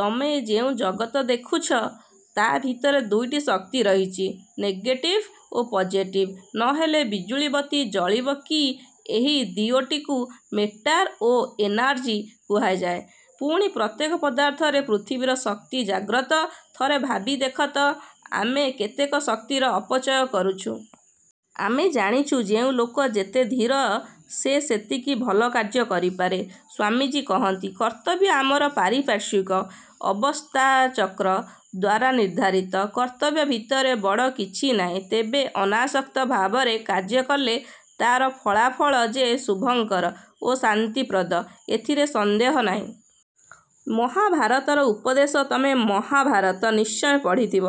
ତମେ ଏ ଯେଉଁ ଜଗତ ଦେଖୁଛ ତା' ଭିତରେ ଦୁଇଟି ଶକ୍ତି ରହିଛି। ନେଗେଟିଭ ଓ ପଜେଟିଭ ନ ହେଲେ ବିଜୁଳିବତୀ ଜଳିବ କି ଏହି ଦିଓଟିକୁ ମେଟାର ଓ ଏନାର୍ଜି କୁହାଯାଏ। ପୁଣି ପ୍ରତ୍ୟେକ ପଦାର୍ଥରେ ପୃଥିବୀର ଶକ୍ତି ଜାଗ୍ରତ। ଥରେ ଭାବି ଦେଖତ ଆମେ କେତେ ଶକ୍ତିର ଅପଚୟ କରୁଛୁଁ-। ଆମେ ଜାଣିଛୁ, ଯେଉଁ ଲୋକ ଯେତେ ଧୀର ସେ ସେତିକି ଭଲକାର୍ଯ୍ୟ କରିପାରେ। ସ୍ୱାମୀଜୀ କହନ୍ତି, କର୍ତ୍ତବ୍ୟ ଆମର ପାରିପାର୍ଶ୍ୱିକ ଅବସ୍ଥାଚକ୍ର ଦ୍ୱାରା ନିର୍ଦ୍ଧାରିତ। କର୍ତ୍ତବ୍ୟ ଭିତରେ ବଡ଼ କିଛି ନାହିଁ। ତେବେ ଅନାସକ୍ତ ଭାବରେ କାର୍ଯ୍ୟ କଲେ ତା'ର ଫଳାଫଳା ଯେ ଶୁଭଙ୍କର ଓ ଶାନ୍ତିପ୍ରଦ, ଏଥିରେ ସନ୍ଦେହ ନାହିଁ। ମହାଭାରତର ଉପଦେଶ ତମେ ମହାଭାରତ ନିଶ୍ଚୟ ପଢ଼ିଥିବ।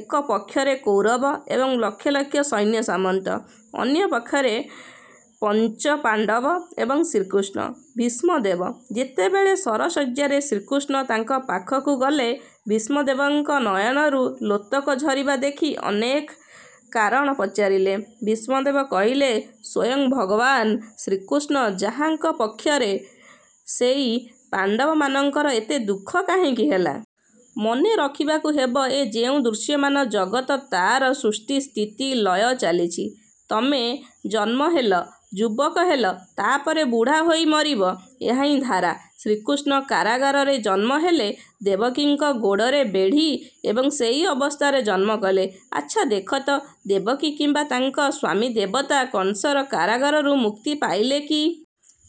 ଏକ ପକ୍ଷରେ କୌରବ ଏବଂ ଲକ୍ଷ ଲକ୍ଷ ସୈନ୍ୟସାମନ୍ତ, ଅନ୍ୟପକ୍ଷରେ ପଞ୍ଚପାଣ୍ତବ, ଏବଂ ଶ୍ରୀକୃଷ୍ଣ। ଭୀଷ୍ମଦେବ ଯେତେବେଳେ ଶରଶଯ୍ୟାରେ, ଶ୍ରୀକୃଷ୍ଣ ତାଙ୍କ ପାଖକୁ ଗଲେ। ଭୀଷ୍ମଦେବଙ୍କ ନୟନରୁ ଲୋତକ ଝରିବା ଦେଖି ଅନେକେ କାରଣ ପଚାରିଲେ। ଭୀଷ୍ମଦେବ କହିଲେ-ସ୍ୱୟଂ ଭଗବାନ ଶ୍ରୀକୃଷ୍ଣ ଯାହାଙ୍କ ପକ୍ଷରେ, ସେଇ ପାଣ୍ତବମାନଙ୍କର ଏତେ ଦୁଃଖ କାହିଁକି ହେଲା? ମନେ ରଖିବାକୁ ହେବ ଏ ଯେଉଁ ଦୃଶ୍ୟମାନ ଜଗତ ତାର ସୃଷ୍ଟି-ସ୍ଥିତି-ଲୟ ଚାଲିଛି। ତମେ ଜନ୍ମ ହେଲ, ଯୁବକ ହେଲ ତା'ପରେ ବୁଢ଼ା ହୋଇ ମରିବ। ଏହାହିଁ ଧାରା। ଶ୍ରୀକୃଷ୍ଣ କାରାଗାରରେ ଜନ୍ମ ହେଲେ। ଦେବକୀଙ୍କ ଗୋଡ଼ରେ ବେଢ଼ି ଏବଂ ସେହି ଅବସ୍ଥାରେ ଜନ୍ମକଲେ। ଆଚ୍ଛା ଦେଖତ ଦେବକୀ କିମ୍ୱା ତାଙ୍କ ସ୍ୱାମୀଦେବତା କଂସର କାରାଗାରରୁ ମୁକ୍ତି ପାଇଲେ କି?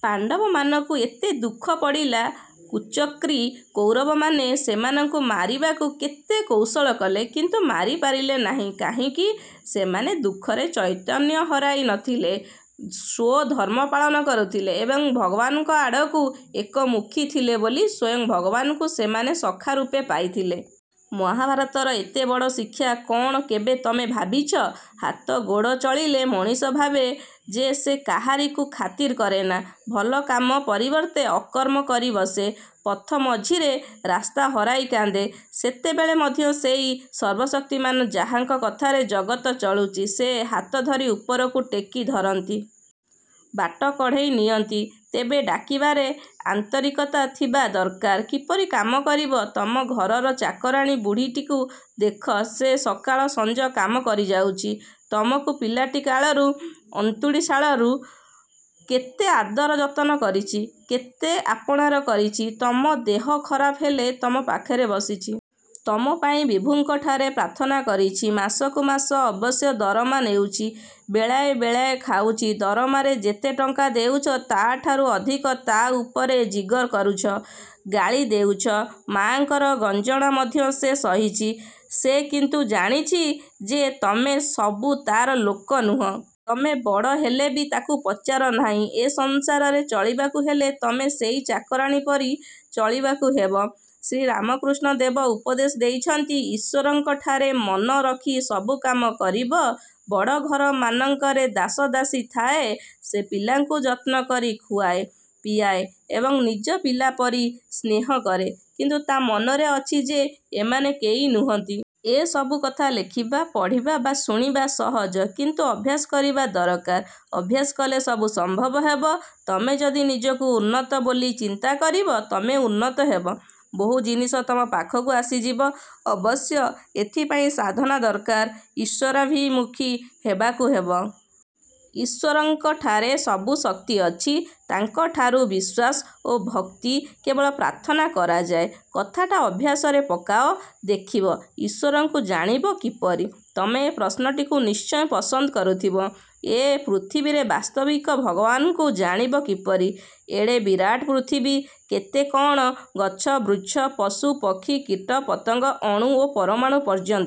ପାଣ୍ତବମାନଙ୍କୁ ଏତେ ଦୁଃଖ ପଡ଼ିଲା। କୁଚକ୍ରୀ କୌରବମାନେ ସେମାନଙ୍କୁ ମାରିବାକୁ କେତେ କୌଶଳ କଲେ କିନ୍ତୁ ମାରି ପାରିଲେ ନାହିଁ କାହିଁକି? ସେମାନେ ଦୁଃଖରେ ଚୈତନ୍ୟ ହରାଇ ନ ଥିଲେ। ସ୍ୱଧର୍ମ ପାଳନ କରୁଥିଲେ ଏବଂ ଭଗବାନଙ୍କ ଆଡ଼କୁ ଏକମୁଖୀ ଥିଲେ ବୋଲି ସ୍ୱୟଂ ଭଗବାନଙ୍କୁ ସେମାନେ ସଖା ରୂପେ ପାଇଥିଲେ। ମହାଭାରତର ଏତେବଡ଼ ଶିକ୍ଷା କ'ଣ କେବେ ତମେ ଭାବିଛ? ହାତ-ଗୋଡ଼ ଚଳିଲେ ମଣିଷଭାବେ ଯେ ସେ କାହାରିକୁ ଖାତିର କରେନା। ଭଲକାମ ପରିବର୍ତ୍ତେ ଅକର୍ମ କରି ବସେ। ପଥ ମଝିରେ ରାସ୍ତା ହରାଇ କାନ୍ଦେ। ସେତେବେଳେ ମଧ୍ୟ ସେହି ସର୍ବଶକ୍ତିମାନ ଯାହାଙ୍କ କଥାରେ ଜଗତ ଚଳୁଛି ସେ ହାତ ଧରି ଉପରକୁ ଟେକି ଧରନ୍ତି। ବାଟ କଢ଼େଇ ନିଅନ୍ତି। ତେବେ ଡାକିବାରେ ଆନ୍ତରିକତା ଥିବା ଦରକାର। କିପରି କାମ କରିବ? ତମ ଘରର ଚାକରାଣୀ ବୁଢ଼ୀଟିକୁ ଦେଖ। ସେ ସକାଳ ସଞ୍ଜ କାମ କରିଯାଉଛି। ତମକୁ ପିଲାଟି କାଳରୁ ଅନ୍ତୁଡ଼ିଶାଳରୁ କେତେ ଆଦର ଯତନ କରିଛି। କେତେ ଆପଣାର କରିଛି। ତମ ଦେହ ଖରାପ ହେଲେ ତମ ପାଖରେ ବସିଛି। ତମ ପାଇଁ ବିଭୁଙ୍କଠାରେ ପ୍ରାର୍ଥନା କରିଛି। ମାସକୁ ମାସ ଅବଶ୍ୟ ଦରମା ନେଉଛି। ବେଳାଏ ବେଳାଏ ଖାଉଛି। ଦରମାରେ ଯେତେ ଟଙ୍କା ଦେଉଛ, ତା'ଠାରୁ ଅଧିକ ତା' ଉପରେ ଜିଗର କରୁଛ। ଗାଳି ଦେଉଛ। ମା'ଙ୍କର ଗଞ୍ଜଣା ମଧ୍ୟ ସେ ସହିଛି। ସେ କିନ୍ତୁ ଜାଣିଛି ଯେ ତମେ ସବୁ ତାର ଲୋକ ନୁହଁ। ତମେ ବଡ଼ ହେଲେବି ତାକୁ ପଚାର ନାହିଁ। ଏ ସଂସାରରେ ଚଳିବାକୁ ହେଲେ ତମେ ସେଇ ଚାକରାଣୀ ପରି ଚଳିବାକୁ ହେବ। ଶ୍ରୀରାମକୃଷ୍ଣ ଦେବ ଉପଦେଶ ଦେଇଛନ୍ତି, ଈଶ୍ୱରଙ୍କଠାରେ ମନ ରଖି ସବୁକାମ କରିବ-। ବଡ଼ଘରମାନଙ୍କରେ ଦାସ-ଦାସୀ ଥାଏ। ସେ ପିଲାଙ୍କୁ ଯତ୍ନକରି ଖୁଆଏ, ପିଆଏ ଏବଂ ନିଜ ପିଲାପରି ସ୍ନେହ କରେ କିନ୍ତୁ ତା' ମନରେ ଅଛି ଯେ ଏମାନେ କେହି ନୁହନ୍ତି। ଏ ସବୁ କଥା ଲେଖିବା, ପଢ଼ିବା ବା ଶୁଣିବା ସହଜ କିନ୍ତୁ ଅଭ୍ୟାସ କରିବା ଦରକାର। ଅଭ୍ୟାସ କଲେ ସବୁ ସମ୍ଭବ ହେବ। ତମେ ଯଦି ନିଜକୁ ଉନ୍ନତ ବୋଲି ଚିନ୍ତା କରିବ, ତମେ ଉନ୍ନତ ହେବ। ବହୁ ଜିନିଷ ତମ ପାଖକୁ ଆସିଯିବ। ଅବଶ୍ୟ ଏଥିପାଇଁ ସାଧନା ଦରକାର-ଈଶ୍ୱରାଭିମୁଖୀ ହେବାକୁ ହେବ। ଈଶ୍ୱରଙ୍କଠାରେ ସବୁ ଶକ୍ତି ଅଛି। ତାଙ୍କଠାରୁ ବିଶ୍ୱାସ ଓ ଭକ୍ତି କେବଳ ପ୍ରାର୍ଥନା କରାଯାଏ। କଥାଟା ଅଭ୍ୟାସରେ ପକାଅ ଦେଖିବ! ଈଶ୍ୱରଙ୍କୁ ଜାଣିବ କିପରି? ତମେ ଏ ପ୍ରଶ୍ନଟିକୁ ନିଶ୍ଚୟ ପସନ୍ଦ କରୁଥିବ। ଏ ପୃଥିବୀରେ ବାସ୍ତବିକ ଭଗବାନଙ୍କୁ ଜାଣିବ କିପରି? ଏଡ଼େ ବିରାଟ ପୃଥିବୀ। କେତେ କଣ ଗଛ-ବୃଚ୍ଛ, ପଶୁ-ପକ୍ଷୀ, କୀଟ-ପତଙ୍ଗ ଅଣୁ ଓ ପରମାଣୁ ପର୍ଯ୍ୟନ୍ତ।